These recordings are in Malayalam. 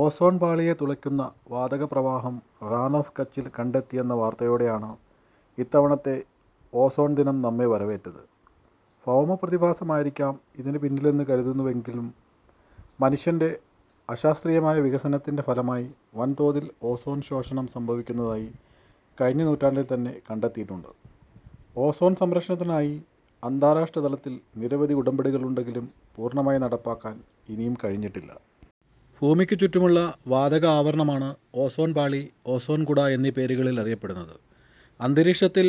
ഓസോൺ പാളിയെ തുളയ്ക്കുന്ന വാതകപ്രവാഹം റാൻ ഓഫ് കച്ചിൽ കണ്ടെത്തിയെന്ന വാർത്തയോടെയാണ് ഇത്തവണത്തെ ഓസോൺ ദിനം നമ്മെ വരവേറ്റത്. ഭൗമ പ്രതിഭാസമായിരിക്കാം ഇതിനുപിന്നിലെന്ന് കരുതുന്നുവെങ്കിലും മനുഷ്യൻ്റെ അശാസ്ത്രീയമായ വികസനത്തിൻ്റെ ഫലമായി വൻതോതിൽ ഓസോൺ ശോഷണം സംഭവിക്കുന്നതായി കഴിഞ്ഞ നൂറ്റാണ്ടിൽതന്നെ കണ്ടെത്തിയിട്ടുണ്ട്. ഓസോൺ സംരക്ഷണത്തിനായി അന്താരാഷ്ട്രതലത്തിൽ നിരവധി ഉടമ്പടികളുണ്ടെങ്കിലും പൂർണ്ണമായി നടപ്പാക്കാൻ ഇനിയും കഴിഞ്ഞിട്ടില്ല. ഭൂമിക്കു ചുറ്റുമുള്ള വാതകാവരണമാണ് ഓസോൺപാളി, ഓസോൺകുട എന്നീ പേരുകളിൽ അറിയപ്പെടുന്നത്. അന്തരീക്ഷത്തിൽ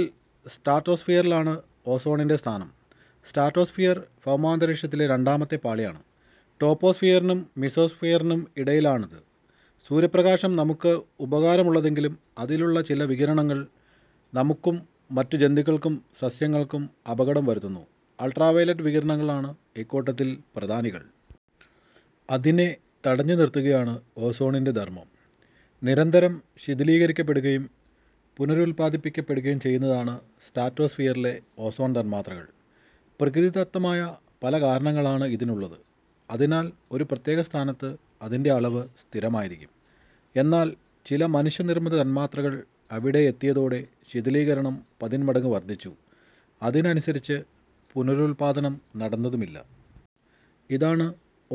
സ്ട്രാറ്റോസ്ഫിയറിലാണ് ഓസോണിൻ്റെ സ്ഥാനം. സ്ട്രാറ്റോസ്ഫിയർ ഭൗമാന്തരീക്ഷത്തിലെ രണ്ടാമത്തെ പാളിയാണ്. ട്രോപോസ്ഫിയറിനും മീസോസ്ഫിയറിനും ഇടയിലാണിത്. സൂര്യപ്രകാശം നമുക്ക് ഉപകാരമുള്ളതെങ്കിലും അതിലുള്ള ചില വികിരണങ്ങൾ നമുക്കും മറ്റു ജന്തുക്കൾക്കും സസ്യങ്ങൾക്കും അപകടം വരുത്തുന്നു. അൾട്ട്രാവയലറ്റ് വികിരണങ്ങളാണ് ഇക്കൂട്ടത്തിൽ പ്രധാനികൾ. അതിനെ തടഞ്ഞുനിർത്തുകയാണ് ഓസോണിൻ്റെ ധർമ്മം. നിരന്തരം ശിഥിലീകരിക്കപ്പെടുകയും പുനരുത്പാദിപ്പിക്കപ്പെടുകയും ചെയ്യുന്നതാണ് സ്ട്രാറ്റോസ്ഫിയറിലെ ഓസോൺ തന്മാത്രകൾ. പ്രകൃതിദത്തമായ പലകാരണങ്ങളാണ് ഇതിനുള്ളത്. അതിനാൽ ഒരു പ്രത്യേക സ്ഥാനത്ത് അതിൻ്റെ അളവ് സ്ഥിരമായിരിക്കും. എന്നാൽ ചില മനുഷ്യനിർമിത തന്മാത്രകൾ അവിടെ എത്തിയതോടെ ശിഥിലീകരണം പതിന്മടങ്ങ് വർധിച്ചു. അതിനനുസരിച്ച് പുനരുത്പാദനം നടന്നതുമില്ല. ഇതാണ്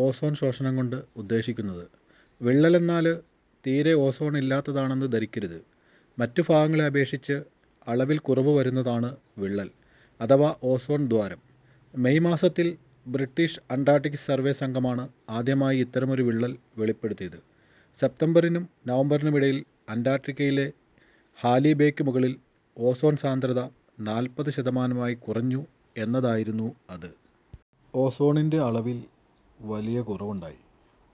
ഓസോൺശോഷണം കൊണ്ട് ഉദ്ദേശിക്കുന്നത്. വിള്ളലെന്നാല് തീരേ ഓസോൺ ഇല്ലാത്തതാണെന്ന് ധരിക്കരുത്. മറ്റു ഭാഗങ്ങളെ അപേക്ഷിച്ച് അളവിൽ കുറവുവരുന്നതാണ് വിള്ളൽ അഥവാ ഓസോൺദ്വാരം. മേയ് മാസത്തിൽ ബ്രിട്ടീഷ് അൻ്റാർട്ടിക് സർവ്വേ സംഘമാണ് ആദ്യമായി ഇത്തരമൊരു വിള്ളൽ വെളിപ്പെടുത്തിയത്. സെപ്റ്റംബറിനും നവംബറിനുമിടയിൽ അൻ്റാർട്ടിക്കയിലെ ഹാലി ബേക്കു മുകളിൽ ഓസോൺസാന്ദ്രത നാൽപത് ശതമാനമായി കുറഞ്ഞു എന്നതായിരുന്നു അത്. ഓസോണിൻ്റെ അളവിൽ വലിയ കുറവുണ്ടായി.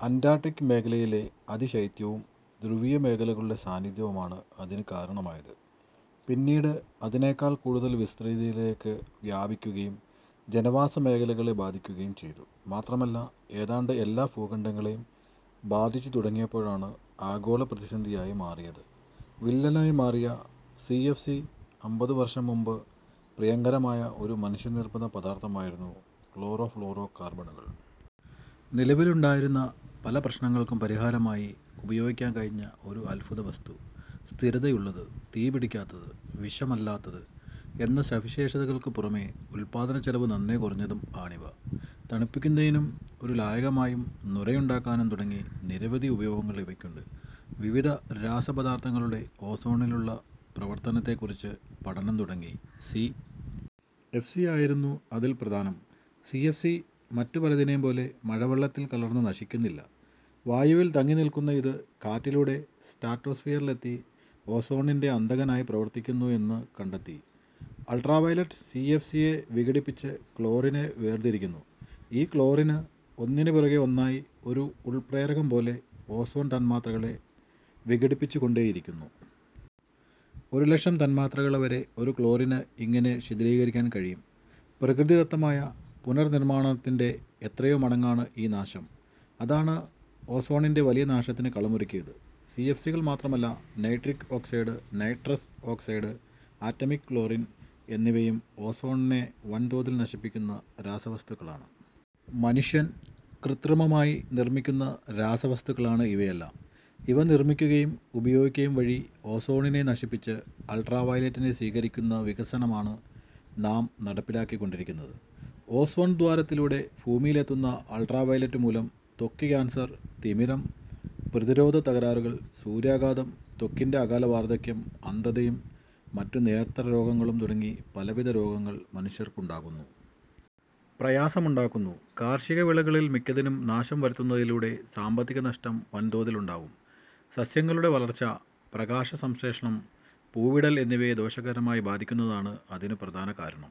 അൻ്റാർട്ടിക് മേഖലയിലെ അതിശൈത്യവും ധ്രുവീയ മേഘങ്ങളുടെ സാന്നിധ്യവുമാണ് അതിനു കാരണമായത്. പിന്നീട് അതിനെക്കാൾ കൂടുതൽ വിസ്തൃതിയിലേക്ക് വ്യാപിക്കുകയും ജനവാസമേഖലകളെ ബാധിക്കുകയും ചെയ്തു. മാത്രമല്ല ഏതാണ്ട് എല്ലാ ഭൂഖണ്ഡങ്ങളെയും ബാധിച്ചുതുടങ്ങിയപ്പോഴാണ് ആഗോളപ്രതിസന്ധിയായി മാറിയത്. വില്ലനായി മാറിയ സി. എഫ്. സി അമ്പതുവർഷം മുമ്പ് പ്രിയങ്കരമായ ഒരു മനുഷ്യനിർമിത പദാർധമായിരുന്നു ക്ലോറോ ഫ്ളൂറോ കാർബണുകൾ. നിലവിലുണ്ടായിരുന്ന പല പ്രശ്നങ്ങൾക്കും പരിഹാരമായി ഉപയോഗിക്കാൻ കഴിഞ്ഞ ഒരു അദ്ഭുതവസ്തു. സ്ഥിരതയുള്ളത്, തീപിടിക്കാത്തത്, വിഷമല്ലാത്തത് എന്ന സവിശേഷതകൾക്കു പുറമേ ഉത്പാദനച്ചെലവ് നന്നേ കുറഞ്ഞതും ആണിവ. തണുപ്പിക്കുന്നതിനും ഒരു ലായകമായും നുരയുണ്ടാക്കാനും തുടങ്ങി നിരവധി ഉപയോഗങ്ങൾ ഇവയ്ക്കുണ്ട്. വിവിധ രാസപദാർധങ്ങളുടെ ഓസോണിലുള്ള പ്രവർത്തനത്തെക്കുറിച്ച് പഠനം തുടങ്ങി. സി. എഫ്. സി. യായിരുന്നു അതിൽ പ്രധാനം. സി. എഫ്. സി മറ്റു പലതിനെയും പോലെ മഴവെള്ളത്തിൽ കലർന്ന് നശിക്കുന്നില്ല. വായുവിൽ തങ്ങിനിൽക്കുന്ന ഇത് കാറ്റിലൂടെ സ്ട്രാറ്റോസ്ഫിയറിലെത്തി ഓസോണിൻ്റെ അന്തകനായി പ്രവർത്തിക്കുന്നു എന്ന് കണ്ടെത്തി. Ultraviolet C. എഫ്. സിയെ വിഘടിപ്പിച്ച് ക്ലോറിനെ വേർതിരിക്കുന്നു. ഈ ക്ലോറിന് ഒന്നിനു പിറകെ ഒന്നായി ഒരു ഉൽപ്രേരകം പോലെ ഓസോൺ തന്മാത്രകളെ വിഘടിപ്പിച്ചുകൊണ്ടേയിരിക്കുന്നു. ഒരുലക്ഷം തന്മാത്രകളെവരെ ഒരു ക്ലോറിന് ഇങ്ങനെ ശിഥിലീകരിക്കാൻ കഴിയും. പ്രകൃതിദത്തമായ പുനർനിർമാണത്തിൻ്റെ എത്രയോ മടങ്ങാണ് ഈ നാശം. അതാണ് ഓസോണിൻ്റെ വലിയ നാശത്തിന് കളമൊരുക്കിയത്. സി. എഫ്. സികൾ മാത്രമല്ല, nitric oxide, nitrous oxide, atomic chlorine എന്നിവയും ഓസോണിനെ വൻതോതിൽ നശിപ്പിക്കുന്ന രാസവസ്തുക്കളാണ്. മനുഷ്യൻ കൃത്രിമമായി നിർമിക്കുന്ന രാസവസ്തുക്കളാണ് ഇവയെല്ലാം. ഇവ നിർമിക്കുകയും ഉപയോഗിക്കുകയും വഴി, ഓസോണിനെ നശിപ്പിച്ച് അൾട്രാവയലറ്റിനെ സ്വീകരിക്കുന്ന വികസനമാണ് നാം നടപ്പിലാക്കിക്കൊണ്ടിരിക്കുന്നത്. ഓസോൺദ്വാരത്തിലൂടെ ഭൂമിയിലെത്തുന്ന അൾട്രാവയലറ്റ് മൂലം ത്വക്ക് കാൻസർ, തിമിരം, പ്രതിരോധത്തകരാറുകൾ, സൂര്യാഘാതം, ത്വക്കിൻ്റെ അകാല വാർധക്യം, അന്ധതയും മറ്റ് നേത്രരോഗങ്ങളും തുടങ്ങി പലവിധ രോഗങ്ങൾ മനുഷ്യർക്കുണ്ടാകുന്നു. പ്രയാസമുണ്ടാകുന്നു. കാർഷികവിളകളിൽ മിക്കതിനും നാശം വരുന്നതിലൂടെ സാമ്പത്തിക നഷ്ടം വൻതോതിൽ ഉണ്ടാകും. സസ്യങ്ങളുടെ വളർച്ച, പ്രകാശസംശ്ലേഷണം, പൂവിടൽ എന്നിവയെ ദോഷകരമായി ബാധിക്കുന്നതാണ് അതിന് പ്രധാന കാരണം.